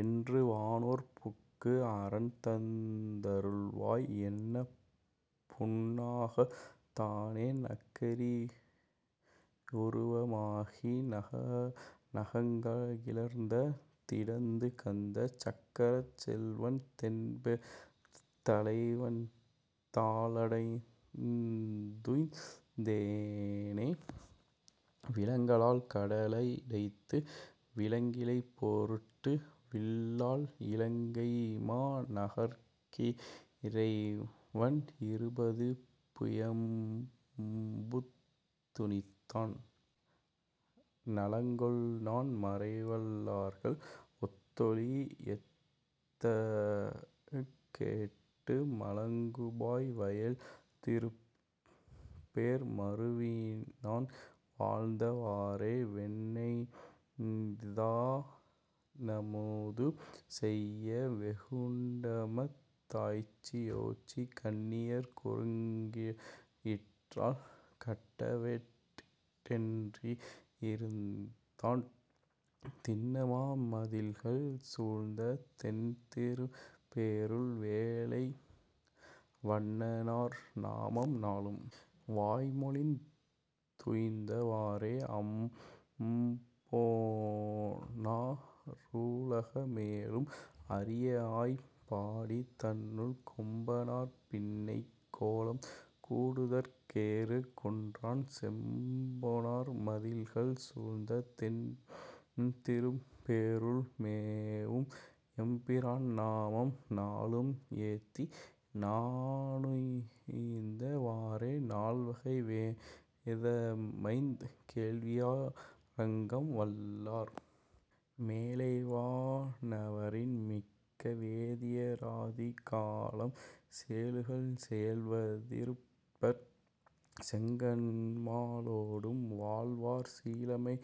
என்று வானேர் புக்கு, அரண் தந்த ருள்வாய், என்னப்பொன் னாகத் தானை, நக்கரி யுருவ மாகி நகங்கிளர்ந் திடந்து கந்த, சக்கரச் செல்வன் தென்பேர்த் தலைவன்தா ளடைந்துய்ந் தேனே விலங்கலால் கடல டைத்து விளங்கிழை பொருட்டு, வில்லால், இலங்கைமா நகர்க்கி றைவன் இருபது புயம்புது ணித்தான், நலங்கொள்நான் மறைவல் லார்கள் ஒத்தொலி யேத்தக் கேட்டு மலங்குபாய் வயல்தி ருப்பேர் மருவிநான் வாழ்ந்த வாறே வெண்ணெய்தா னமுது செய்ய வெகுண்டுமத் தாய்ச்சி யோச்சி, கண்ணியர் குறுங்க யிற்றால் கட்டவெட் டென்றி ருந்தான், திண்ணமா மதிள்கள் சூழ்ந்த தென்திருப் பேருள், வேலை வண்ணனார் நாமம் நாளும் வாய்மொழிந் துய்ந்த வாறே அம்பொனா ருலக மேழும் அறியஆய்ப் பாடி தன்னுள், கொம்பனார் பின்னை கோலம் கூடுதற் கேறு கொன்றான், செம்பொனார் மதிள்கள் சூழ்ந்த தென்திருப் பேருள் மேவும், எம்பிரான் நாமம் நாளும் ஏத்திநா னுய்ந்த வாறே நால்வகை வேத மைந்து கேள்வியா றங்கம் வல்லார், மேலைவா னவரின் மிக்க வேதிய ராதி காலம், சேலுகள் வயல்தி ருப்பேர்ச் செங்கண்மா லோடும் வாழ்வார், சீலமா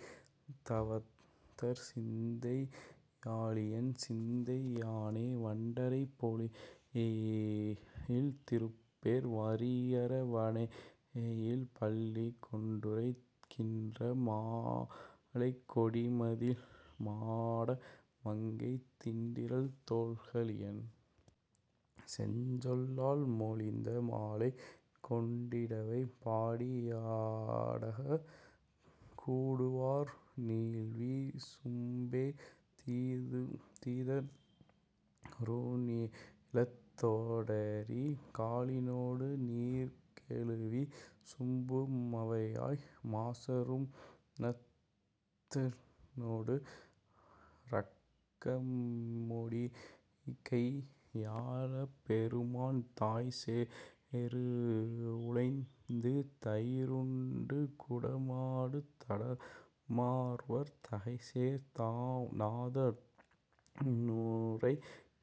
தவத்தர் சிந்தை யாளியென் சிந்தை யானே வண்டறை பொழில்தி ருப்பேர் வரியர வணையில் பள்ளி கொண்டுறை கின்ற மாலைக் கொடிமதிள் மாட மங்கை, திண்டிறல் தோள்க லியன் செஞ்சொலால் மொழிந்த மாலை, கொண்டிவை பாடி யாடக் கூடுவார் நீள்வி சும்பே தீதறுநி லத்தொடெரி காலினொடு நீர்க்கெழுவி சும்பு மவையாய், மாசறும னத்தினொடு றக்கமொடி றக்கையவை யாய பெருமான், தாய்செறவு ளைந்துதயி ருண்டுகுட மாடுதட மார்வர் தகைசேர், நாதனுறை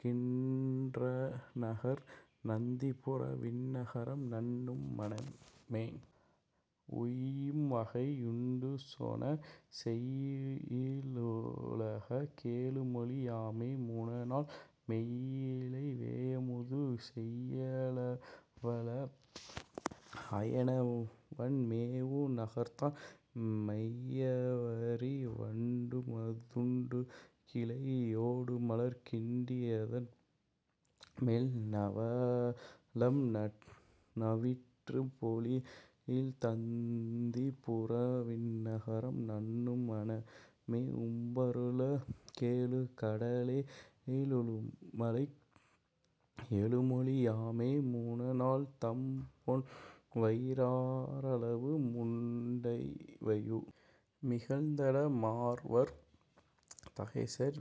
கின்றநகர் நந்திபுர விண்ணகரம் நண்ணு மனமே உய்யும்வகை யுண்டுசொன செய்யிலுலக கேழுமொழி யாமை முனநாள், மெய்யினள வேயமுது செய்யவல ஐயனவன் மேவு நகர்தான், மையவரி வண்டுமது வுண்டுகிளை யோடுமலர் கிண்டி யதன்மேல், நவளம்ந விற்றுபொழில் நந்திபுர விண்ணகரம் நண்ணு மனமே உம்பருல கேழுகட லேழுமலை யேழுமொழி யாமை முனநாள், தம்பொன்வயி றாரளவு முண்டவையு மிழ்ந்ததட மார்வர் தகைசேர்,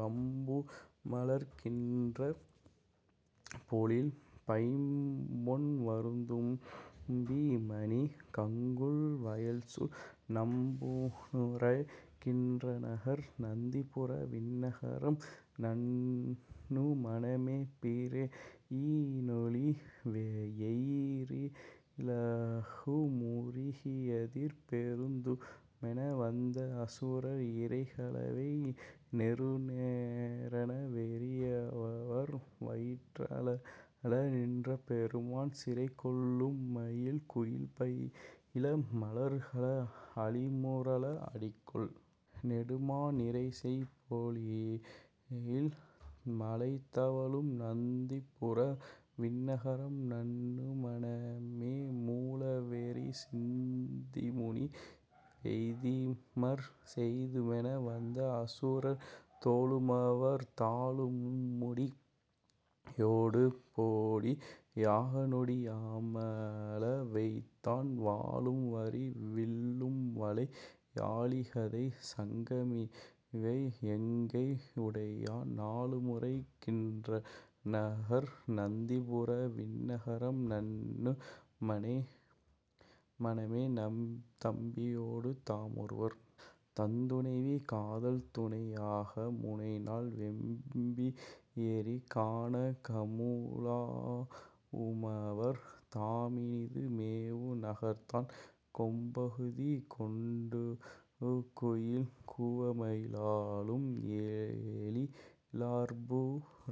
வம்புமலர் கின் றபொழில் பைம்பொன்வரு தும்பிமணி கங்குல் வயல்சூழ், நம்பனுறை கின்றநகர் நந்திபுர விண்ணகரம் நண்ணு மனமே பிறையினொளி யெயிறிலக முறுகியெதிர் பொருதுமென வந்த அசுரர் இறைகளவை நெறுநெறென வெறியவவர் வயிறழல நின்ற பெருமான், சிறைகொள்மயில் குயில்பயில மலர்களுக அளிமுரல அடிகொள் நெடுமா, நறைசெய்பொழில் மழைதவழும் நந்திபுர விண்ணகரம் நண்ணு மனமே மூளவெரி சிந்திமுனி வெய்தியமர் செய்துமென வந்த அசுரர், தோளுமவர் தாளுமுடி யோடுபொடி யாகநொடி யாம ளவெய்தான், வாளும்வரி வில்லும்வளை யாழிகதை சங்கமிவை யங்கை யுடையான், நாளுமுறை கின்றநகர் நந்திபுர விண்ணகரம் நண்ணு மனமே தம்பியொடு தாமொருவர் தந்துணைவி காதல்துணை யாக முனநாள், வெம்பியெரி கானகமு லாவுமவர் தாமினிது மேவு நகர்தான், கொம்புகுதி கொண்டுகுயில் கூவமயி லாலும் எழி லார்பு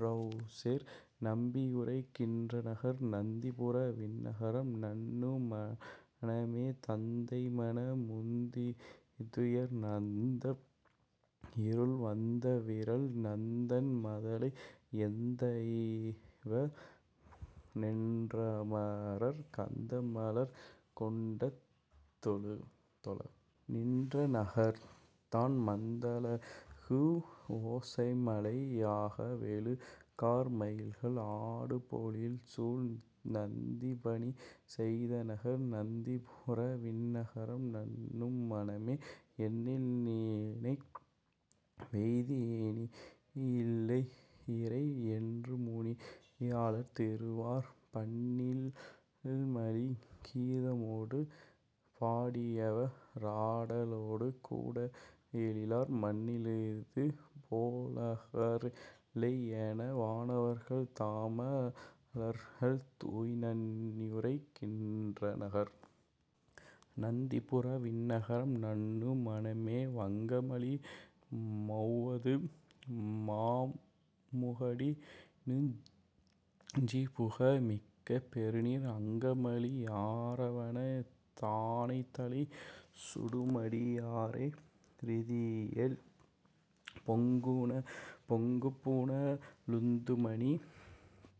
றவுசேர், நம்பியுறை கின்றநகர் நந்திபுர விண்ணகரம் நண்ணு மனமே தந்தைமன முந்துதுயர் நந்நஇருள் வந்தவிறல் நந்தன் மதலை, எந்தையிவ னென்றமரர் கந்தமலர் கொண்டுதொழ நின்ற நகர்தான், மந்தமுழ வோசைமழை யாகவெழு கார்மயில்கள் ஆடுபொழில்சூழ், நந்திபணி செய்தநகர் நந்திபுர விண்ணகரம் நண்ணு மனமே எண்ணில்நினை வெய்தியினி யில்லையிறை யென்றுமுனி யாளர் திருவார், பண்ணில்மலி கீதமொடு பாடியவ ராடலொடு கூட எழிலார், மண்ணிலிது போலநக ரில்லையென வானவர்கள் தாம லர்கள்தூய் நண்ணியுறை கின்றநகர் நந்திபுர விண்ணகரம் நண்ணு மனமே வங்கமலி பௌவமது மாமுகடி னுச்சிபுக மிக்க பெருநீர், அங்கமழி யாரவன தாணைதலை சூடுமடி யார றிதியேல், பொங்குபுன லுந்துமணி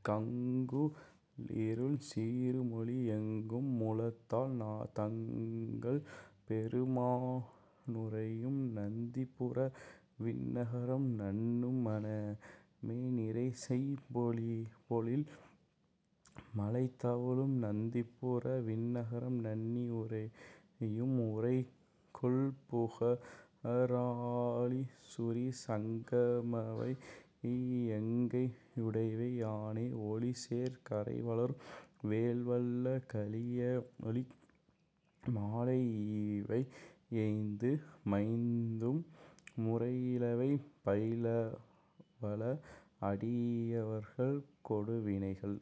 கங்குலிருள் சீறுமொளி யெங்கு முளதால், நங்கள்பெரு மானுறையும் நந்திபுர விண்ணகரம் நண்ணு மனமே நறைசெய் பொழில் மழைதவழும் நந்திபுர விண்ணகரம் நண்ணி யுறையும், உறைகொள்புக ராழிசுரி சங்கமவை யங்கையுடை யானை, ஒளிசேர் கறைவளரும் வேல்வல்ல கலியனொலி மாலையிவை யைந்து மைந்தும், முறையிலவை பயிலவல அடியவர்கள் கொடுவினைகள்।